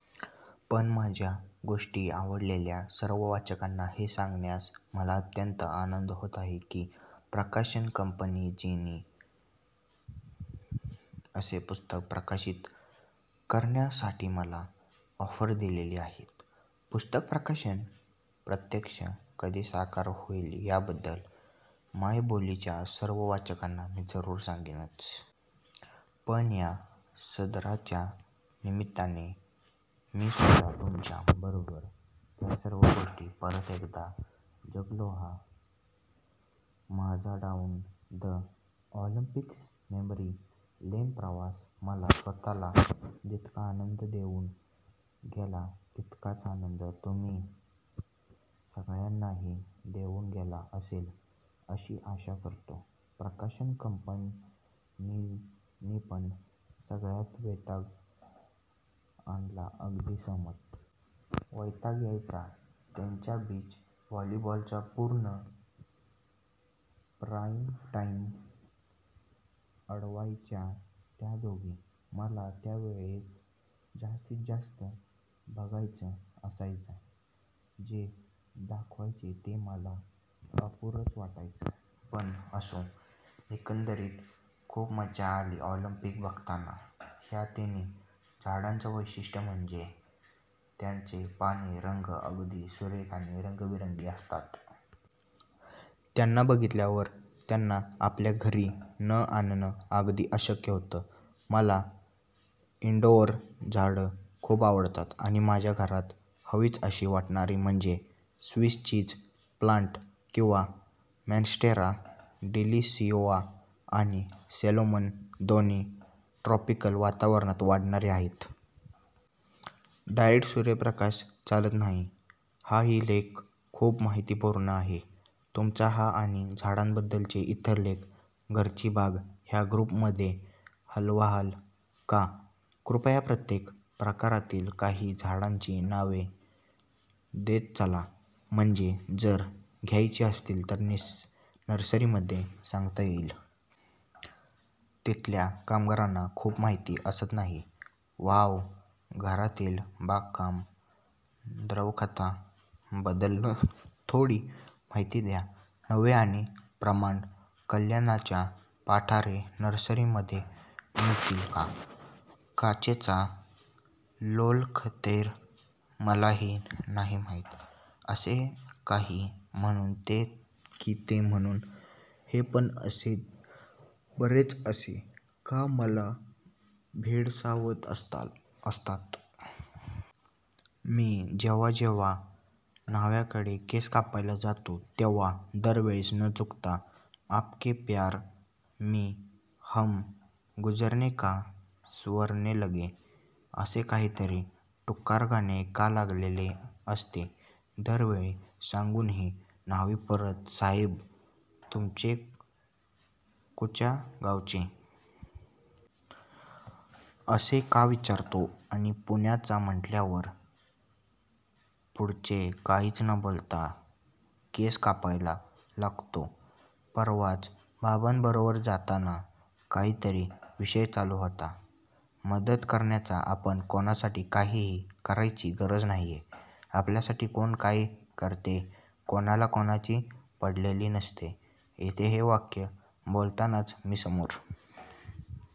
पण माझ्या गोष्टी आवडलेल्या सर्व वाचकांना हे सांगण्यास मला अत्यंत आनंद होत आहे की प्रकाशन कंपनिजनी.. असे पुस्तक प्रकाशित करण्यासाठीमला ऑफर दिलेली आहेते पुस्तक प्रकाशन प्रत्यक्षात कधी साकार होइलयाबद्दल मायबोलिच्या सर्व वाचकांना मी जरुर सांगीनच. पण या सदराच्या निमित्ताने मीसुद्धा तुमच्या बरोबर त्या सर्व गोष्टी परत एकदा जगलोहा माझाडाउन द ऑलिंपिक्स मेमरी लेनप्रवास मला स्वतःला जितका आनंद देउन गेलातितकाच आनंद तुम्हा सगळ्यांनाही देउन गेला असेल अशी आशा करतो प्रकाशन कंपनिजनीपण सगळ्यात वैताग आणलाअगदी सहमत. वैताग यायचा त्यांच्या बीच वॉलीबॉलचा. पूर्ण प्राईमटाईम अडवायच्या त्या दोघी. मला त्यावेळेत जास्तीतजास्त ' /'बघायचं असायचं. जे दाखवायचे ते मला अपुरंच वाटायचं. पण असो, एकंदरीत खूप मजा आली ऑलिंपिक बघताना. ह्या तिन्ही झाडांच वैशिष्ट्य म्हणजे त्यांचे पानांचे रंग अगदी सुरेख आणि रंगीबेरंगी असतात. त्यांना बघितल्यावर त्यांना आपल्या घरी न आणण अगदी अशक्य होतं. मला इनडोअर झाडं खूप आवडतात. आणि माझ्या घरात हवीच अशी वाटणारी म्हणजे 'स्विस चीज प्लांट किंवा माँन्स्टेरा डिलीसिओसा' आणि 'सेलोम'. दोन्ही ट्रॉपिकल वातावरणात वाढणारी आहेत. डायरेक्ट सूर्यप्रकाश चालत नाही. हाही लेख खूप माहितीपूर्ण आहे. तुमचा हा आणि झाडांबद्दलचे इतर लेख "घरची बाग" या ग्रुपमध्ये हलवाल का? ृपया प्रत्येक प्रकारातील काही झाडांची नावेही देत चला, म्हणजे जर घ्यायची असतील तर नर्सरीमध्ये सांगता येईल. तिथल्या कामगारांना खूप माहिती असत नाही. वाव्ह. घरातील बागकाम. द्रवखतां बद्दल थोडी माहिती द्या. नावे आणि प्रमाण. कल्याणच्या पाठारे नर्सरी मध्ये मिळतील का? काचेचा लोलकखरेतर मलाही नाही माहीत असे काहे म्हणून ते की ते म्हणून हेपणअसे बरेच "असे का" मला भेडसावत असतात.. मी जेव्हा जेव्हा न्हाव्याकडे केस कापायला जातो तेव्हा दर वेळेस न चुकता 'आपके प्यार मी हम गुजरने का सवरने लगे " असे काहीतरी टुकार गाणे का लागलेले असते? दरवेळी सांगूनही न्हावी परत "साह्येब तुमचे कुच्या गावचे? " असे का विचारतो.. आणि पुण्याचाच म्हटल्यावर पुढचे काहीच न बोलता केस कापायला लागतोपरवाच बाबांबरोबर जाताना काहीतरी विषय चालू होता मदत करण्याचा"आपण कोणासाठी काहीही करायची गरज नाहीये.. आपल्यासाठी कोण काय करते??? कोणाला कोणाची पडलेली नसते इथे" हे वाक्य बोलतानाच मी समोर